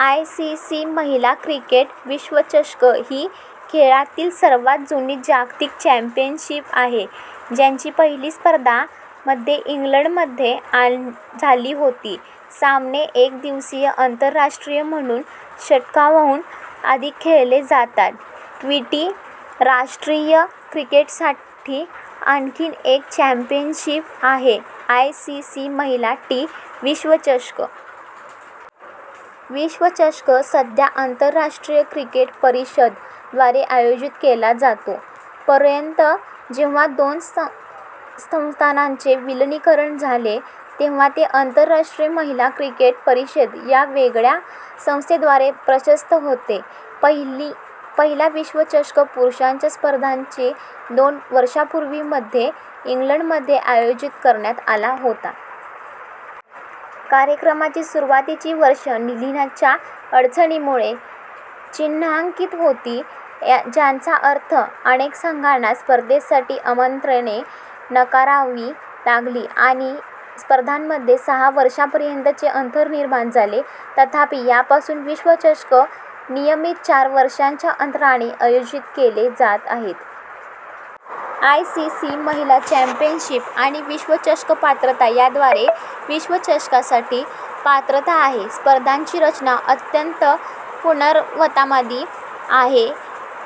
ICC महिला cricket विश्वचषक ही खेळातील सर्वात जुनी जागतिक चॅम्पियनशिप आहे, ज्याची पहिली स्पर्धा मध्ये इंग्लंडमध्ये झाली होती. सामने एक दिवसीय आंतरराष्ट्रीय म्हणून षटकांहून अधिक खेळले जातात. ट्वेंटी- आंतरराष्ट्रीय क्रिकेटसाठी आणखी एक चॅम्पियनशिप आहे, आयसीसी महिला टी- विश्वचषक. विश्वचषक सध्या आंतरराष्ट्रीय क्रिकेट परिषद द्वारे आयोजित केला जातो. पर्यंत, जेव्हा दोन संस्थांचे विलीनीकरण झाले, तेव्हा ते आंतरराष्ट्रीय महिला क्रिकेट परिषद या वेगळ्या संस्थेद्वारे प्रशासित होते. पहिला विश्वचषक पुरुषांच्या स्पर्धेच्या दोन वर्षांपूर्वी, मध्ये इंग्लंडमध्ये आयोजित करण्यात आला होता. कार्यक्रमाची सुरुवातीची वर्षे निधीच्या अडचणींमुळे चिन्हांकित होती, ज्याचा अर्थ अनेक संघांना स्पर्धेसाठी आमंत्रणे नाकारावी लागली आणि स्पर्धांमध्ये सहा वर्षांपर्यंतचे अंतर निर्माण झाले. तथापि, पासून विश्वचषक नियमित चार वर्षांच्या अंतराने आयोजित केले जात आहेत. आयसीसी महिला चॅम्पियनशिप आणि विश्वचषक पात्रता याद्वारे विश्वचषकासाठी पात्रता आहे. स्पर्धेची रचना अत्यंत पुराणमतवादी आहे –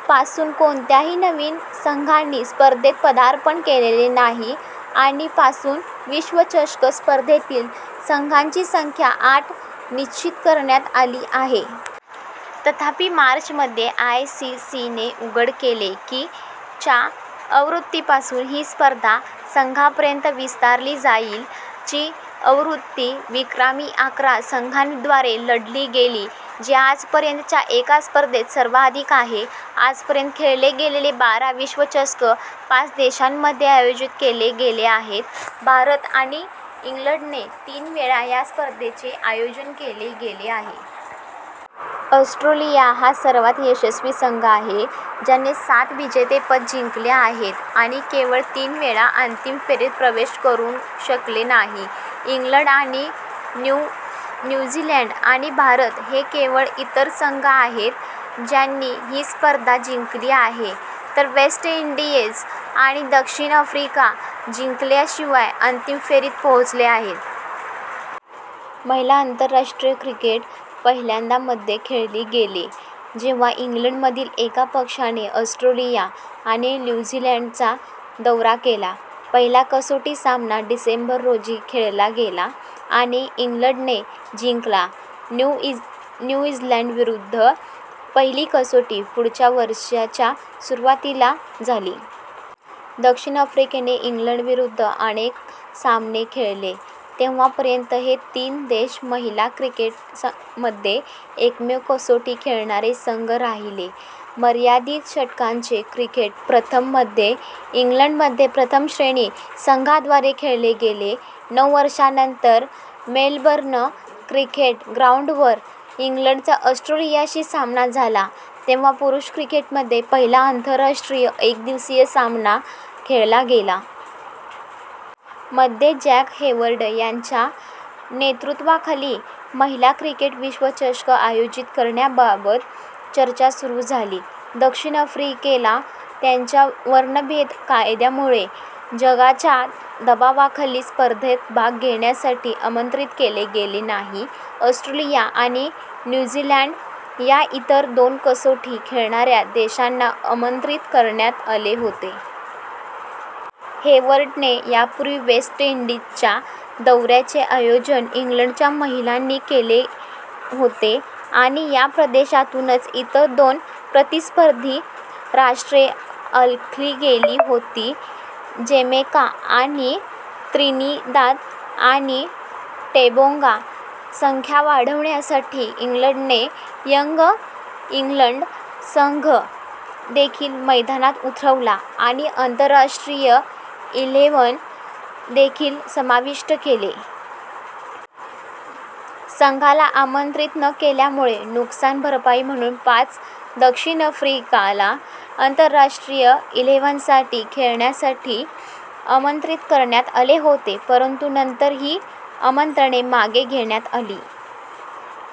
पासून कोणत्याही नवीन संघांनी स्पर्धेत पदार्पण केलेले नाही आणि पासून विश्वचषक स्पर्धेतील संघांची संख्या आठ निश्चित करण्यात आली आहे. तथापि, मार्च मध्ये, आयसीसीने उघड केले की च्या आवृत्तीपासून ही स्पर्धा संघांपर्यंत विस्तारली जाईल. ची आवृत्ती विक्रमी अकरा संघांद्वारे लढली गेली, जी आजपर्यंतच्या एका स्पर्धेत सर्वाधिक आहे. आजपर्यंत खेळले गेलेले बारा विश्वचषक पाच देशांमध्ये आयोजित केले गेले आहेत, भारत आणि इंग्लंडने तीन वेळा या स्पर्धेचे आयोजन केले आहे. ऑस्ट्रेलिया हा सर्वात यशस्वी संघ आहे, ज्याने सात विजेतेपद जिंकले आहेत आणि केवळ तीन वेळा अंतिम फेरीत प्रवेश करू शकला नाही. इंग्लंड आणि न्यू झीलंड आणि भारत हे केवळ इतर संघ आहेत ज्यांनी ही स्पर्धा जिंकली आहे, तर वेस्ट इंडीज आणि दक्षिण आफ्रिका जिंकल्याशिवाय अंतिम फेरीत पोहोचले आहेत. महिला आंतरराष्ट्रीय क्रिकेट पहिल्यांदा मध्ये खेळले गेले, जेव्हा इंग्लंडमधील एका पक्षाने ऑस्ट्रेलिया आणि न्यू झीलंडचा दौरा केला. पहिला कसोटी सामना - डिसेंबर रोजी खेळला गेला आणि इंग्लंडने जिंकला. न्यू झीलंडविरुद्धची पहिली कसोटी पुढच्या वर्षीच्या सुरुवातीला झाली. दक्षिण आफ्रिकेने इंग्लंडविरुद्ध अनेक सामने खेळले तेव्हा पर्यंत हे तीन देश महिला क्रिकेटमध्ये एकमेव कसोटी खेळणारे संघ राहिले. मर्यादित षटकांचे क्रिकेट प्रथम मध्ये इंग्लंडमध्ये प्रथम श्रेणी संघांद्वारे खेळले गेले. नऊ वर्षांनंतर, मेलबर्न क्रिकेट ग्राउंडवर इंग्लंडचा ऑस्ट्रेलियाशी सामना झाला तेव्हा पुरुष क्रिकेटमध्ये पहिला आंतरराष्ट्रीय एकदिवसीय सामना खेळला गेला. मध्ये जॅक हेवर्ड यांच्या नेतृत्वाखाली महिला क्रिकेट विश्वचषक आयोजित करण्याबाबत चर्चा सुरू झाली. दक्षिण आफ्रिकेला त्यांच्या वर्णभेद कायद्यामुळे जगाच्या दबावाखाली, स्पर्धेत भाग घेण्यासाठी आमंत्रित केले गेले नाही. ऑस्ट्रेलिया आणि न्यू झीलंड या इतर दोन कसोटी खेळणाऱ्या देशांना आमंत्रित करण्यात आले होते. हेवर्डने यापूर्वी वेस्ट इंडीजच्या दौऱ्यांचे आयोजन इंग्लंडच्या महिलांनी केले होते आणि या प्रदेशातूनच इतर दोन प्रतिस्पर्धी राष्ट्रे आखली गेली होती; जमैका आणि त्रिनिदाद आणि टोबॅगो. संख्या वाढवण्यासाठी, इंग्लंडने " यंग इंग्लंड " संघ देखील मैदानात उतरवला आणि " आंतरराष्ट्रीय इलेव्हन " देखील समाविष्ट केले. संघाला आमंत्रित न केल्यामुळे नुकसान भरपाई म्हणून पाच दक्षिण आफ्रिकेला आंतरराष्ट्रीय इलेव्हनसाठी खेळण्यासाठी आमंत्रित करण्यात आले होते, परंतु नंतर ही निमंत्रणे मागे घेण्यात आली.।